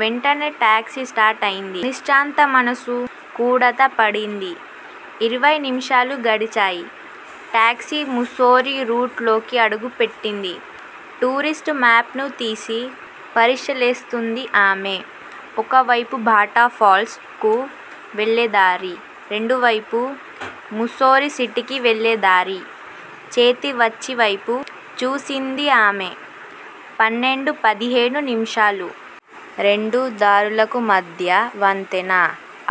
వెంటనే టాక్సీ స్టార్టయింది. నిశాంత మనసు కుదటపడింది. ఇరవై నిమిషాలు గడిచాయి. టాక్సీ ముస్సోరీ రూట్లోకి అడుగుపెట్టింది. టూరిస్ట్ మేప్ ను తీసి పరిశీలిస్తోంది ఆమె. ఒకవైపు భట్టాఫాల్స్ కు వెళ్ళేదారి. రెండోవైపు ముస్సోరి సిటీకి వెళ్ళేదారి. చేతివాచీ వైపు చూసింది ఆమె. పన్నెండు పదిహేను నిముషాలు. రెండుదారులకు మధ్య వంతెన.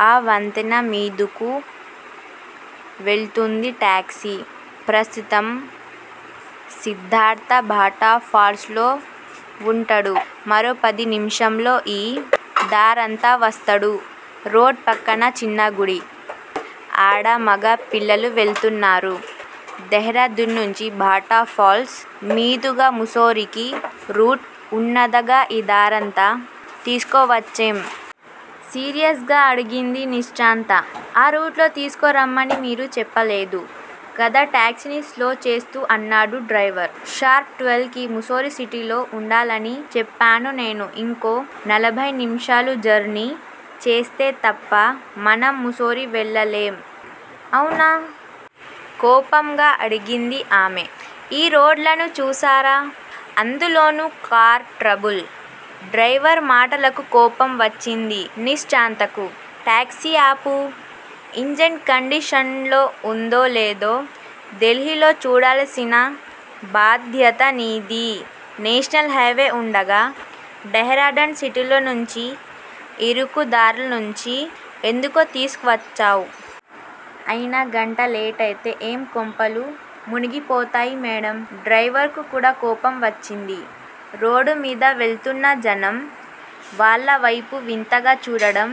ఆ వంతెన మీదుగా వెళ్తోంది టాక్సీ. ప్రస్తుతం సిద్ధార్ధ భట్టాఫాల్స్ లో వుంటాడు. మరో పదినిమిషాల్లో ఈ దారంట వస్తాడు. రోడ్డు ప్రక్కన చిన్న గుడి. ఆడా, మగా, పిల్లలు వెళుతున్నారు. డెహ్రాడూన్ నుంచి భట్టాఫాల్స్ మీదుగా ముస్సోరీకి రూటుండగా ఈ దారంట తీసుకొచ్చావేం? సీరియస్ గా అడిగింది నిశాంత. ఆ రూట్లో తీసుకురమ్మని మీరు చెప్పలేదు గదా టాక్సీని స్లో చేస్తూ అన్నాడు డ్రైవర్. షార్ప్ ట్వెల్వ్ కి, ముస్సోరి సిటీలో వుండాలని చెప్పాను నేను ఇంకో నలభై నిమిషాలు జర్నీ చేస్తే తప్ప మనం ముస్సోరీ వెళ్ళలేం. అవునా? కోపంగా అడిగింది ఆమె. ఈ రోడ్లను చూసారా అందులోనూ కారు ట్రబుల్. డ్రైవర్ మాటలకు కోపం వచ్చింది నిశాంతకు. టాక్సీ ఆపు. ఇంజన్ కండీషన్లో వుందో, లేదో ఢిల్లీలోనే చూడాల్సిన బాధ్యత నీది. నేషనల్ హైవే వుండగా, డెహ్రాడూన్ సిటీలోంచి, ఇరుకు దారుల్లోంచి ఎందుకు తీసుకొచ్చావ్? అయినా గంట లేటైతే ఏం కొంపలు మునిగిపోతాయ్ మేడమ్ డ్రైవర్ క్కూడా కోపం వచ్చింది. రోడ్డుమీద వెళుతున్న జనం వాళ్ళవేపే వింతగా చూడడం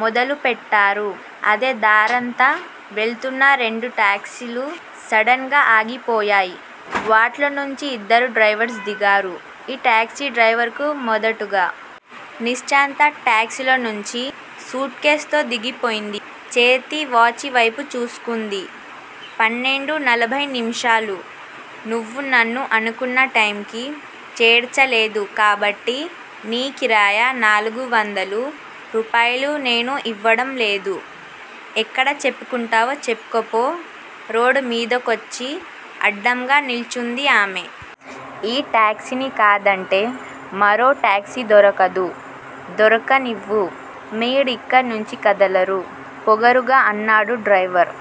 మొదలుపెట్టారు. అదే దారంత వెళుతున్న రెండు టాక్సీలు సడన్ గా ఆగిపోయాయి. వాటిల్లోంచి ఇద్దరు డ్రైవర్లు దిగారు. ఈ టాక్సీ డ్రైవర్ కు మద్దతుగా. నిశాంత టాక్సీలోంచి సూట్ కేసుతో దిగిపోయింది. చేతి వాచీవైపు చూసుకుంది. పన్నెండు నలభై నిమిషాలు. నువ్వు నన్ను అనుకున్న టైమ్ కి చేర్చలేదు కాబట్టి, నీ కిరాయి నాలుగు వందల రూపాయలు నేనివ్వడం లేదు. ఎక్కడ చెప్పుకుంటావో చెప్పుకో పో. రోడ్డు మీదకొచ్చి అడ్డంగా నిల్చుంది ఆమె. ఈ టాక్సీని కాదంటే మరో టాక్సీ దొరకదు దొరకనివ్వు. మీరిక్కడ నుంచి కదలరు పొగరుగా అన్నాడు డ్రైవర్.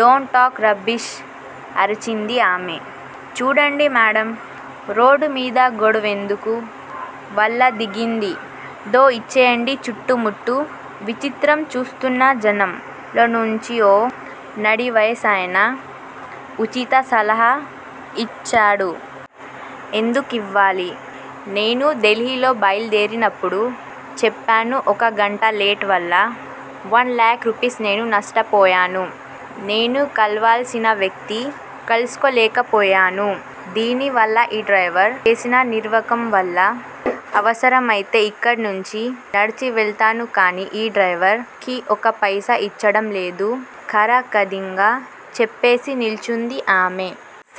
డోంట్ టాక్ రబ్బిష్ అరిచింది ఆమె. చూడండి మేడమ్! రోడ్డుమీద గొడవెందుకు వాళ్ళడిగిందేదో ఇచ్చెయ్యండి చుట్టూ మూట్టు, విచిత్రం చూస్తున్న జనంలోంచి ఓ నడివయసాయన వుచిత సలహా యిచ్చాడు. ఎందుకివ్వాలి! నేను ఢిల్లీలో బయలుదేరిన టప్పుడు చెప్పాను ఒక గంట లేట్ వల్ల, వన్ లాక్ రూపీస్ నేను నష్టపోయాను. నేను కలవాల్సిన వక్తిని కల్సుకోలేకపోయాను దేనివల్ల ఈ డ్రైవర్ చేసిన నిర్వాకం వల్ల అవసరమైతే ఇక్కడ్నించి నడిచెళ్తాను కానీ ఈ డ్రైవర్ కి ఒక్క పైసా యిచ్చేది లేదు ఖరాఖడిగా చెప్పేసి నిల్చుంది ఆమె.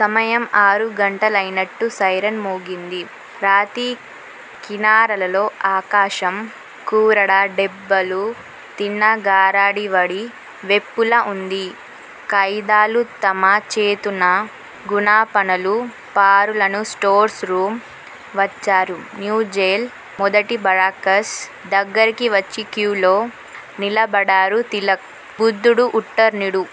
సమయం ఆరుగంటలయినట్టు సైరన్ మ్రౌగింది. రాతి కినారాలలో ఆకాశం కోరాడదెబ్బలు తిన్న గారడీవడి విపులా వుంది. కాగితాలు తమ చేతనున్న గునాపాలను పారాలను స్టోర్స్ రూము వచ్చారు. న్యూజైల్ మొదటి బ్యారేక్కు దగ్గరి కొచ్చి క్యూలో నిలబడ్డారు. తిలక్ బుద్ధుడు ఉత్తిర్ణుడు